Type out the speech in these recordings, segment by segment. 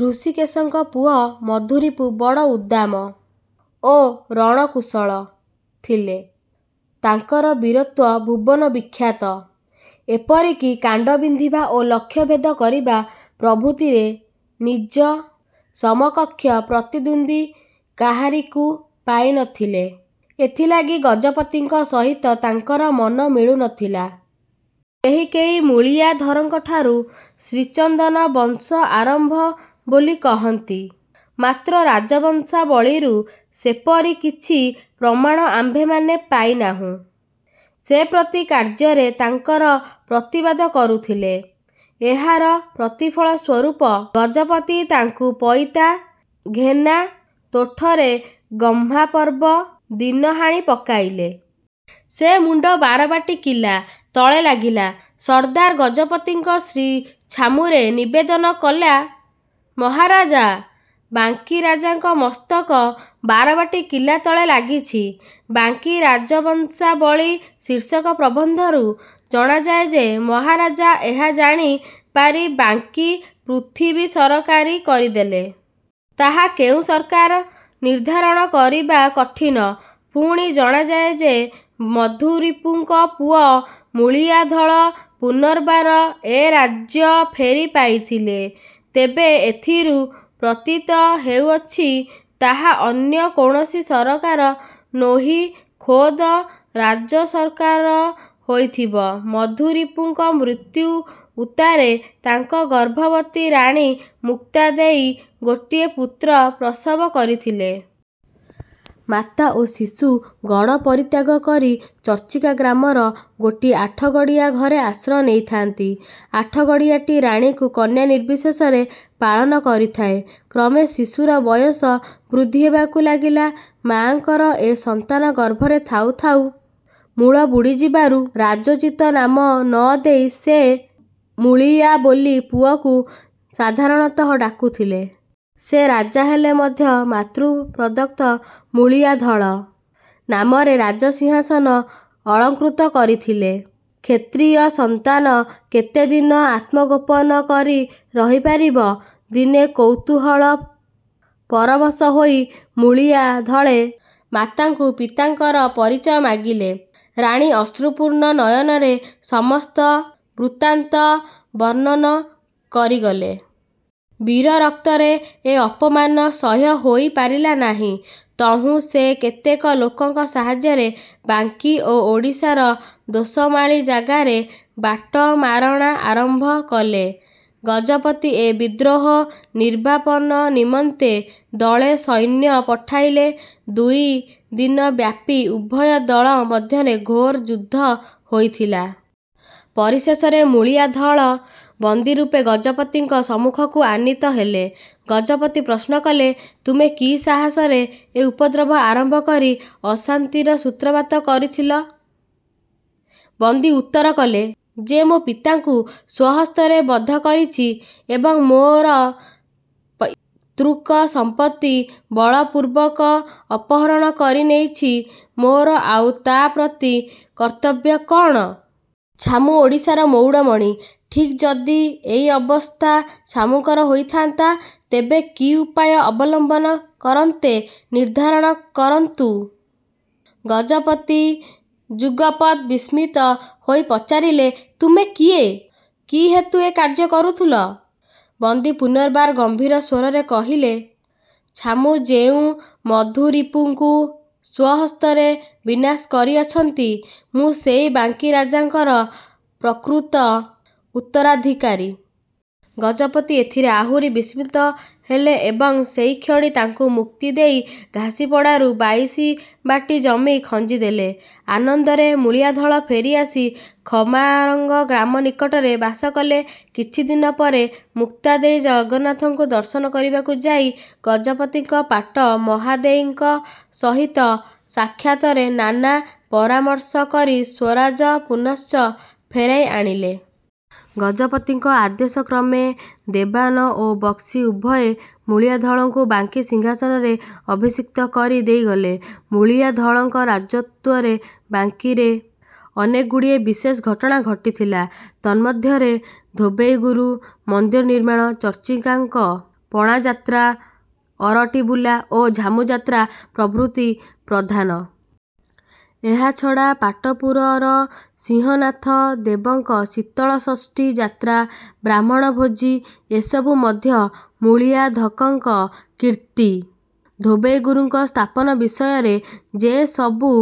ହୃଷୀକେଶଙ୍କ ପୁଅ ମଧୁରିପୁ ବଡ଼ ଉଦ୍ଦାମ ଓ ରଣକୁଶଳ ଥିଲେ। ତାଙ୍କର ବୀରତ୍ୱ ଭୁବନ−ବିଖ୍ୟାତ। ଏପରି କି କାଣ୍ଡ ବିନ୍ଧିବା ଓ ଲକ୍ଷ୍ୟଭେଦ କରିବା ପ୍ରଭୃତିରେ ନିଜ ସମକକ୍ଷ ପ୍ରତିଦ୍ଵନ୍ଦୀ କାହାରିକୁ ପାଇ ନ ଥିଲେ। ଏଥିଲାଗି ଗଜପତିଙ୍କ ସହିତ ତାଙ୍କର ମନ ମିଳୁ ନ ଥିଲା। କେହି କେହି ମୂଳିଆଧଳଙ୍କଠାରୁ ଶ୍ରୀଚନ୍ଦନ ବଂଶ ଆରମ୍ଭ ବୋଲି କହନ୍ତି; ମାତ୍ର ରାଜବଂଶାବଳୀରୁ ସେପରି କିଛି ପ୍ରମାଣ ଆମ୍ଭେମାନେ ପାଇ ନାହୁଁ। ସେ ପ୍ରତି କାର୍ଯ୍ୟରେ ତାଙ୍କର ପ୍ରତିବାଦ କରୁଥିଲେ। ଏହାର ପ୍ରତିଫଳ ସ୍ୱରୂପ ଗଜପତି ତାଙ୍କୁ ପଇତା-ଘେନା ତୋଠରେ ଗହ୍ମାପର୍ବ ଦିନ ହାଣି ପକାଇଲେ। ସେ ମୁଣ୍ଡ ବାରବାଟୀ କିଲା। ତଳେ ଲାଗିଲା। ସର୍ଦ୍ଦାର ଗଜପତିଙ୍କ ଶ୍ରୀ ଛାମୁରେ ନିବେଦନ କଲା, "ମହାରାଜା, ବାଙ୍କୀରାଜାଙ୍କ ମସ୍ତକ ବାରବାଟୀ କିଲା ତଳେ ଲାଗିଛି। '' "ବାଙ୍କୀ ରାଜବଂଶାବଳୀ'' ଶୀର୍ଷକ ପ୍ରବନ୍ଧରୁ ଜଣାଯାଏ ଯେ, ମହାରାଜା ଏହା ଜାଣି ପାରି ବାଙ୍କୀ ପୃଥିବୀ ସରକାରୀ କରିଦେଲେ। ତାହା କେଉଁ ସରକାର ନିର୍ଦ୍ଧାରଣ କରିବା କଠିନ। ପୁଣି ଜଣାଯାଏ ଯେ, ମଧୁରିପୁଙ୍କ ପୁଅ ମୂଳିଆ ଧଳ ପୁନର୍ବାର ଏ ରାଜ୍ୟ ଫେରି ପାଇଥିଲେ। ତେବେ ଏଥିରୁ ପ୍ରତୀତ ହେଉଅଛି, ତାହା ଅନ୍ୟ କୌଣସି ସରକାର ନୋହି ଖୋଦ୍ ରାଜସରକାର ହୋଇଥିବ। ମଧୁରିପୁଙ୍କ ମୃତ୍ୟୁ ଉତ୍ତାରେ ତାଙ୍କ ଗର୍ଭବତୀ ରାଣୀ ମୁକ୍ତା ଦେଈ ଗୋଟିଏ ପୁତ୍ର ପ୍ରସବ କରିଥିଲେ। ମାତା ଓ ଶିଶୁ ଗଡ଼ ପରିତ୍ୟାଗ କରି ଚର୍ଚ୍ଚିକା ଗ୍ରାମର ଗୋଟିଏ ଆଠଗଡ଼ିଆ ଘରେ ଆଶ୍ରୟ ନେଇଥାନ୍ତି। ଆଠଗଡ଼ିଆଟି ରାଣୀଙ୍କୁ କନ୍ୟାନିର୍ବିଶେଷରେ ପାଳନ କରିଥାଏ। କ୍ରମେ ଶିଶୁର ବୟସ ବୃଦ୍ଧି ହେବାକୁ ଲାଗିଲା। ମାଆଙ୍କର ଏ ସନ୍ତାନ ଗର୍ଭରେ ଥାଉ ଥାଉ ମୂଳ ବୁଡ଼ିଯିବାରୁ ରାଜୋଚିତ ନାମ ନ ଦେଇ ସେ "ମୂଳିଆ" ବୋଲି ପୁଅକୁ ସାଧାରଣତଃ ଡାକୁଥିଲେ। ସେ ରାଜା ହେଲେ ମଧ୍ୟ ମାତୃପ୍ରଦତ୍ତ ମୂଳିଆ ଧଳ ନାମରେ ରାଜସିଂହାସନ ଅଳଂକୃତ କରିଥିଲେ। କ୍ଷତ୍ରିୟ ସନ୍ତାନ କେତେ ଦିନ ଆତ୍ମଗୋପନ କରି ରହିପାରିବ? ଦିନେ କୌତୁହଳ ପରବଶ ହୋଇ ମୂଳିଆ ଧଳେ ମାଆଙ୍କୁ ପିତାଙ୍କର ପରିଚୟ ମାଗିଲେ। ରାଣୀ ଅଶ୍ରୁପୂର୍ଣ୍ଣ ନୟନରେ ସମସ୍ତ ବୃତ୍ତାନ୍ତ ବର୍ଣ୍ଣନ କରିଗଲେ। ବୀରରକ୍ତରେ ଏ ଅପମାନ ସହ୍ୟ ହୋଇ ପାରିଲା ନାହିଁ। ତହୁଁ ସେ କେତେକ ଲୋକଙ୍କ ସାହାଯ୍ୟରେ ବାଙ୍କୀ ଓ ଓଡ଼ିଶାର ଦୋସମାଳି ଜାଗାରେ ବାଟମାରଣା ଆରମ୍ଭ କଲେ। ଗଜପତି ଏ ବିଦ୍ରୋହ ନିର୍ଗାପନ ନିମନ୍ତେ ଦଳେ ସୈନ୍ୟ ପଠାଇଲେ। ଦୁଇ ଦିନବ୍ୟାପୀ ଉଭୟ ଦଳ ମଧ୍ୟରେ ଘୋର ଯୁଦ୍ଧ ହୋଇଥିଲା। ପରିଶେଷରେ ମୂଳିଆ ଧଳ ବନ୍ଦିରୂପେ ଗଜପତିଙ୍କ ସମ୍ମୁଖକୁ ଆନୀତ ହେଲେ। ଗଜପତି ପ୍ରଶ୍ନ କଲେ, "ତୁମେ କି ସାହାସରେ ଏ ଉପଦ୍ରବ ଆରମ୍ଭ କରି ଅଶାନ୍ତିର ସୂତ୍ରପାତ କରୁଥିଲ? " ବନ୍ଦୀ ଉତ୍ତର କଲେ, "ଯେ ମୋ ପିତାଙ୍କୁ ସ୍ଵହସ୍ତରେ ବଧ କରିଛି ଏବଂ ମୋର ପୈତୃକ ସଂପତ୍ତି ବଳପୂର୍ବକ ଅପହରଣ କରି ନେଇଛି, ମୋର ଆଉ ତା ପ୍ରତି କର୍ତ୍ତବ୍ୟ କ'ଣ? ଛାମୁ ଓଡ଼ିଶାର ମଉଡ଼ମଣି। ଠିକ୍ ଯଦି ଏଇ ଅବସ୍ଥା ଛାମୁଙ୍କର ହୋଇଥାନ୍ତା, ତେବେ କି ଉପାୟ ଅବଲମ୍ବନ କରନ୍ତେ, ନିର୍ଦ୍ଧାରଣ କରନ୍ତୁ। '' ଗଜପତି ଯୁଗପତ୍ ବିସ୍ମିତ ହୋଇ ପଚାରିଲେ, "ତୁମେ କିଏ? କି ହେତୁ ଏ କାର୍ଯ୍ୟ କରୁଥିଲ? " ବନ୍ଦୀ ପୁନର୍ବାର ଗମ୍ଭୀର ସ୍ଵରରେ କହିଲେ, "ଛାମୁ ଯେଉଁ ମଧୁରିପୁଙ୍କୁ ସ୍ଵହସ୍ତରେ ବିନାଶ କରିଅଛନ୍ତି, ମୁଁ ସେହି ବାଙ୍କୀ ରାଜାଙ୍କର ପ୍ରକୃତ ଉତ୍ତରାଧିକାରୀ। '' ଗଜପତି ଏଥିରେ ଆହୁରି ବିସ୍ମିତ ହେଲେ ଏବଂ ସେହିକ୍ଷଣି ତାଙ୍କୁ ମୁକ୍ତି ଦେଇ ଘାସିପଡ଼ାରୁ ବାଇଶି ବାଟୀ ଜମି ଖଞ୍ଜିଦେଲେ। ଆନନ୍ଦରେ ମୂଳିଆ ଧଳ ଫେରିଆସି ଖମାରଙ୍ଗ ଗ୍ରାମନିକଟରେ ବାସ କଲେ। କିଛି ଦିନ ପରେ ମୁକ୍ତା ଦେଈ ଜଗନ୍ନାଥଙ୍କୁ ଦର୍ଶନ କରିବାକୁ ଯାଇ ଗଜପତିଙ୍କ ପାଟ ମହାଦେଈଙ୍କ ସହିତ ସାକ୍ଷାତରେ ନାନା ପରାମର୍ଶ କରି ସ୍ଵରାଜ ପୁନଶ୍ଚ ଫେରାଇ ଆଣିଲେ। ଗଜପତିଙ୍କ ଆଦେଶକ୍ରମେ ଦେବାନ ଓ ବକ୍ସି ଉଭୟେ ମୂଳିଆ ଧଳଙ୍କୁ ବାଙ୍କୀ ସିଂହାସନରେ ଅଭିଷିକ୍ତ କରି ଦେଇ ଗଲେ। ମୂଳିଆ ଧଳଙ୍କ ରାଜତ୍ୱରେ ବାଙ୍କୀରେ ଅନେକଗୁଡ଼ିଏ ବିଶେଷ ଘଟନା ଘଟିଥିଲା। ତନ୍ମଧ୍ୟରେ "ଧୋବେଇ ଗୁରୁ" ମନ୍ଦିର ନିର୍ମାଣ, ଚର୍ଚ୍ଚିକାଙ୍କ ପଣାଯାତ୍ରା, ଅରଟି ବୁଲା ଓ ଝାମୁଯାତ୍ରା ପ୍ରଭୃତି ପ୍ରଧାନ। ଏହା ଛଡ଼ା ପାଟପୁରର ସିଂହନାଥ ଦେବଙ୍କ ଶୀତଳଷଷ୍ଠୀ ଯାତ୍ରା, ବ୍ରାହ୍ମଣ ଭୋଜି ଏସବୁ ମଧ୍ୟ ମୂଳିଆ ଧକଙ୍କ କୀର୍ତ୍ତି। 'ଧୋବେଇ ଗୁରୁ'ଙ୍କ ସ୍ଥାପନ ବିଷୟରେ ଯେ ସବୁ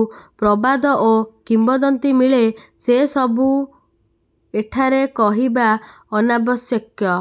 ପ୍ରବାଦ ଓ କିମ୍ବଦନ୍ତୀ ମିଳେ, ସେ ସବୁ ଏଠାରେ କହିବା ଅନାବଶ୍ୟକ।